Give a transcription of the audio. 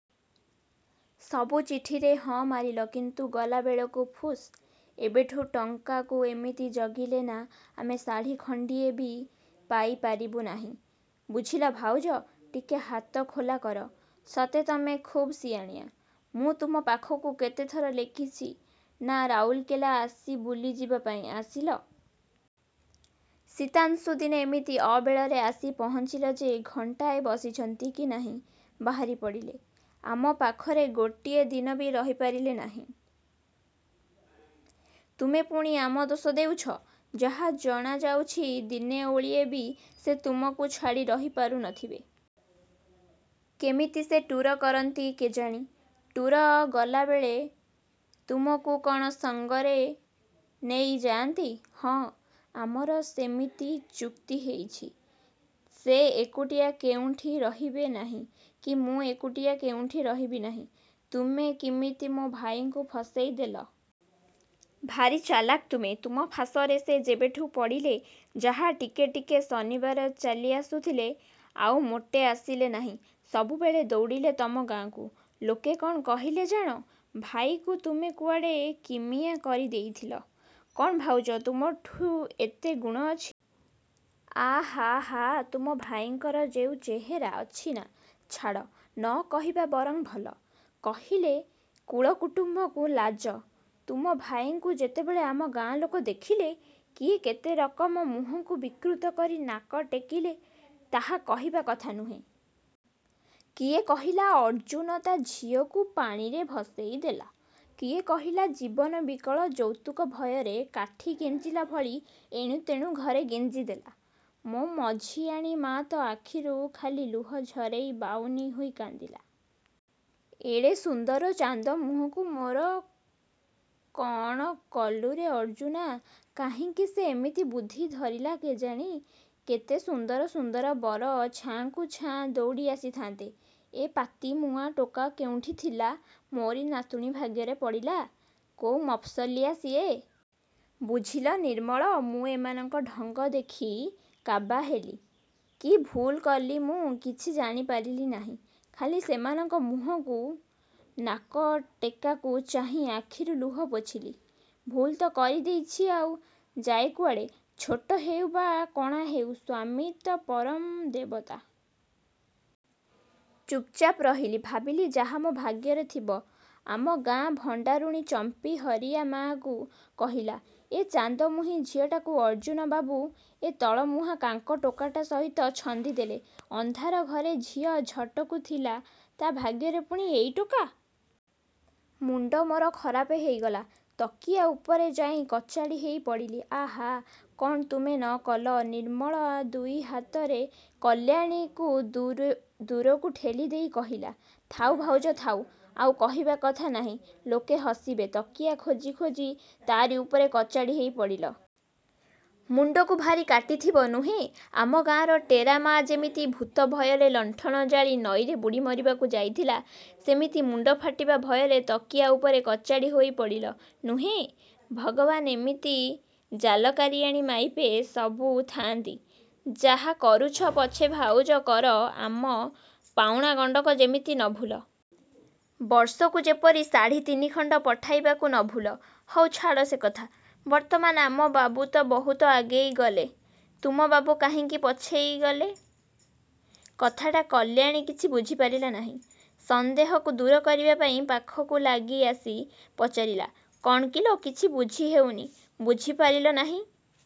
ସବୁ ଚିଠିରେ ହଁ ମାରିଲ କିନ୍ତୁ ଗଲାବେଳକୁ ଫୁସ୍। ଏବେଠୁ ଟଙ୍କାକୁ ଏମିତି ଜଗିଲେ ନାଁ ଆମେ ଶାଢ଼ୀ ଖଣ୍ଡିଏ ବି ପାଇ ପାରିବୁ ନାହିଁ। ବୁଝିଲ ଭାଉଜ! ଟିକେ ହାତ ଖୋଲା କର। ସତେ ତମେ ଖୁବ୍ ସିଆଣିଆ। ମୁଁ ତୁମ ପାଖକୁ କେତେଥର ଲେଖିଛି ନାଁ ରାଉରକେଲା ଆସି ବୁଲିଯିବା ପାଇଁ, ଆସିଲ? ଶୀତାଂଶୁ ଦିନେ ଏମିତି ଅବେଳାରେ ଆସି ପହଞ୍ଚିଲେ ଯେ ଘଣ୍ଟାଏ ବସିଛନ୍ତି କି ନାହିଁ ବାହାରି ପଡ଼ିଲେ। ଆମ ପାଖରେ ଗୋଟିଏ ଦିନ ବି ରହିପାରିଲେ ନାହିଁ। ତୁମେ ପୁଣି ଆମ ଦୋଷ ଦେଉଛ। ଯାହା ଜଣାଯାଉଛି ଦିନେ ଓଳିଏ ବି ସେ ତୁମକୁ ଛାଡ଼ି ରହି ପାରୁ ନଥିବେ। କେମିତି ସେ ଟୁର୍ କରନ୍ତି କେଜାଣି? ଟୁର୍ ଗଲାବେଳେ ତୁମକୁ କ'ଣ ସଙ୍ଗରେ ନେଇ ଯାଆନ୍ତି? ହଁ ଆମର ସେମିତି ଚୁକ୍ତି ହେଇଛି। ସେ ଏକୁଟିଆ କେଉଁଠି ରହିବେ ନାହିଁ କି ମୁଁ ଏକୁଟିଆ କେଉଁଠି ରହିବି ନାହିଁ। ତୁମେ କିମିତି ମୋ ଭାଇକୁ ଫସେଇ ଦେଲ? ଭାରି ଚାଲାଖ ତୁମେ। ତୁମ ଫାସରେ ସେ ଯେବେଠୁଁ ପଡ଼ିଲେ ଯାହା ଟିକେ ଟିକେ ଶନିବାର ଚାଲି ଆସୁଥିଲେ, ଆଉ ମୋଟେ ଆସିଲେ ନାହିଁ। ସବୁବେଳେ ଦୌଡ଼ିଲେ ତମ ଗାଁକୁ। ଲୋକେ କ'ଣ କହିଲେ ଜାଣ? ଭାଇକୁ ତୁମେ କୁଆଡ଼େ କିମିଆ କରି ଦେଇଥିଲ। କ'ଣ ଭାଉଜ ତୁମଠି ଏତେ ଗୁଣ ଅଛି? ଆ, ହାଃ, ହାଃ ତୁମ ଭାଇଙ୍କର ଯେଉଁ ଚେହେରା ଅଛି ନା ଛାଡ଼ ନ କହିବା ବରଂ ଭଲ। କହିଲେ କୁଳ କୁଟୁମ୍ୱଙ୍କୁ ଲାଜ ତୁମ ଭାଇଙ୍କୁ ଯେତେବେଳେ ଆମ ଗାଁ ଲୋକ ଦେଖିଲେ, କିଏ କେତେ ରକମ ମୁହଁକୁ ବିକୃତ କରି ନାକ ଟେକିଲେ ତାହା କହିବା କଥା ନୁହେଁ। କିଏ କହିଲା, ଅର୍ଜ୍ଜୁନ ତା' ଝିଅକୁ ପାଣିରେ ଭସେଇ ଦେଲା। କିଏ କହିଲା ଜୀବନ ବିକଳ ଯୌତୁକ ଭୟରେ କାଠି ଗେଞ୍ଜିଲା ଭଳି ଏଣୁ ତେଣୁ ଘରେ ଗେଞ୍ଜି ଦେଲା। ମୋ ମଝିଆଣି ମା' ତ ଆଖିରୁ ଖାଲି ଲୁହ ଝରେଇ ବାହୁନି ହୋଇ କାନ୍ଦିଲା।। ''ଏଡ଼େ ସୁନ୍ଦର ଚାନ୍ଦ ମୁହଁକୁ ମୋର କ'ଣ କଲୁରେ ଅର୍ଜ୍ଜୁନା'' କାହିଁକି ସେ ଏମିତି ବୁଦ୍ଧି ଧରିଲା କେଜାଣି। କେଡ଼େ ସୁନ୍ଦର ସୁନ୍ଦର ବର ଛାଁକୁ ଛାଁ ଦୌଡ଼ି ଆସିଥାନ୍ତେ, ଏ ପାତିମୁହାଁ ଟୋକା କେଉଁଠି ଥିଲା ମୋରି ନାତୁଣୀ ଭାଗ୍ୟରେ ପଡ଼ିଲା। କୋଉ ମଫସଲିଆ ସିଏ। ବୁଝିଲ ନିର୍ମଳା, ମୁଁ ଏମାନଙ୍କ ଢଙ୍ଗ ଦେଖି କାବା ହେଲି। କି ଭୁଲ୍ କଲି ମୁଁ କିଛି ଜାଣିପାରିଲି ନାହିଁ। ଖାଲି ସେମାନଙ୍କ ମୁହଁକୁ ନାକ ଟେକାକୁ ଚାହିଁ ଆଖିରୁ ଲୁହ ପୋଛିଲି। ଭୁଲ୍ ତ କରି ଦେଇଛି ଆଉ ଯାଏ କୁଆଡ଼େ। ଛୋଟା ହେଉ ବା କଣାହେଉ ସ୍ୱାମୀ ତ ପରମ ଦେବତା। ଚୁପ୍ଚାପ୍ ରହିଲି। ଭାବିଲି ଯାହା ମୋ ଭାଗ୍ୟରେ ଥିବ। ଆମ ଗାଁ ଭଣ୍ଡାରୁଣୀ ଚମ୍ପି ହରିଆ ମା'କୁ କହିଲା, ଏ ଚାନ୍ଦମୁହିଁ ଝିଅଟାକୁ ଅର୍ଜ୍ଜୁନବାବୁ ଏ ତଳମୁହାଁ କାଙ୍କ ଟୋକାଟା ସହିତ ଛନ୍ଦିଦେଲା। ଅନ୍ଧାର ଘରେ ଯିଏ ଝଟକୁ ଥିଲା ତା' ଭାଗ୍ୟରେ ପୁଣି ଏଇ ଟୋକା! ମୁଣ୍ଡ ମୋର ଖରାପ ହୋଇଗଲା। ତକିଆ ଉପରେ ଯାଇ କଚାଡ଼ି ହୋଇ ପଡ଼ିଲି। ଆହାଃ କ'ଣ ତୁମେ ନ କଲ? ନିର୍ମଳା ଦୁଇ ହାତରେ କଲ୍ୟାଣୀକୁ ଦୂରକୁ ଠେଲିଦେଇ କହିଲା, ଥାଉ ଭାଉଜ ଥାଉ। ଆଉ କହିବା ଦରକାର ନାହିଁ, ଲୋକେ ହସିବେ। ତକିଆ ଖୋଜି ଖୋଜି ତା'ରି ଉପରେ କଚାଡ଼ି ହୋଇ ପଡ଼ିଲ। ମୁଣ୍ଡକୁ ଭାରି କାଟିଥିବ ନୁହେଁ? ଆମ ଗାଁର ଟେରା ମା ଯେମିତି ଭୂତ ଭୟରେ ଲଣ୍ଠନ ଜାଳି ନଈରେ ବୁଡ଼ି ମରିବାକୁ ଯାଉଥିଲା, ସେମିତି ମୁଣ୍ଡ ଫାଟିବା ଭୟରେ, ତକିଆ ଉପରେ କଚାଡ଼ି ହୋଇ ପଡ଼ିଲ, ନୁହେଁ? ଭଗବାନ! ଏମିତି ଜାଲକାରିଆଣି ମାଇପେ ସବୁ ଥା'ନ୍ତି ଯାହା କରୁଛ ପଛେ ଭାଉଜ କର ଆମ ପାଉଣାଗଣ୍ଡାକ ଯେମିତି ନ ଭୁଲ। ବର୍ଷକୁ ଯେପରି ଶାଢ଼ୀ ତିନିଖଣ୍ଡ ପଠାଇବାକୁ ନ ଭୁଲ। ହଉ ଛାଡ଼ ସେକଥା। ବର୍ତ୍ତମାନ, ଆମବାବୁ ତ ବହୁତ ଆଗେଇ ଗଲେ। ତୁମବାବୁ କାହିଁକି ପଛେଇଲେ। କଥାଟା କଲ୍ୟାଣୀ କିଛି ବୁଝିପାରିଲା ନାହିଁ। ସନ୍ଦେହକୁ ଦୂର କରିବା ପାଇଁ ପାଖକୁ ଲାଗି ଆସି ପଚାରିଲା, କ'ଣ କିଲୋ କିଛି ବୁଝି ହେଉନି। ବୁଝିପାରିଲ ନାହିଁ?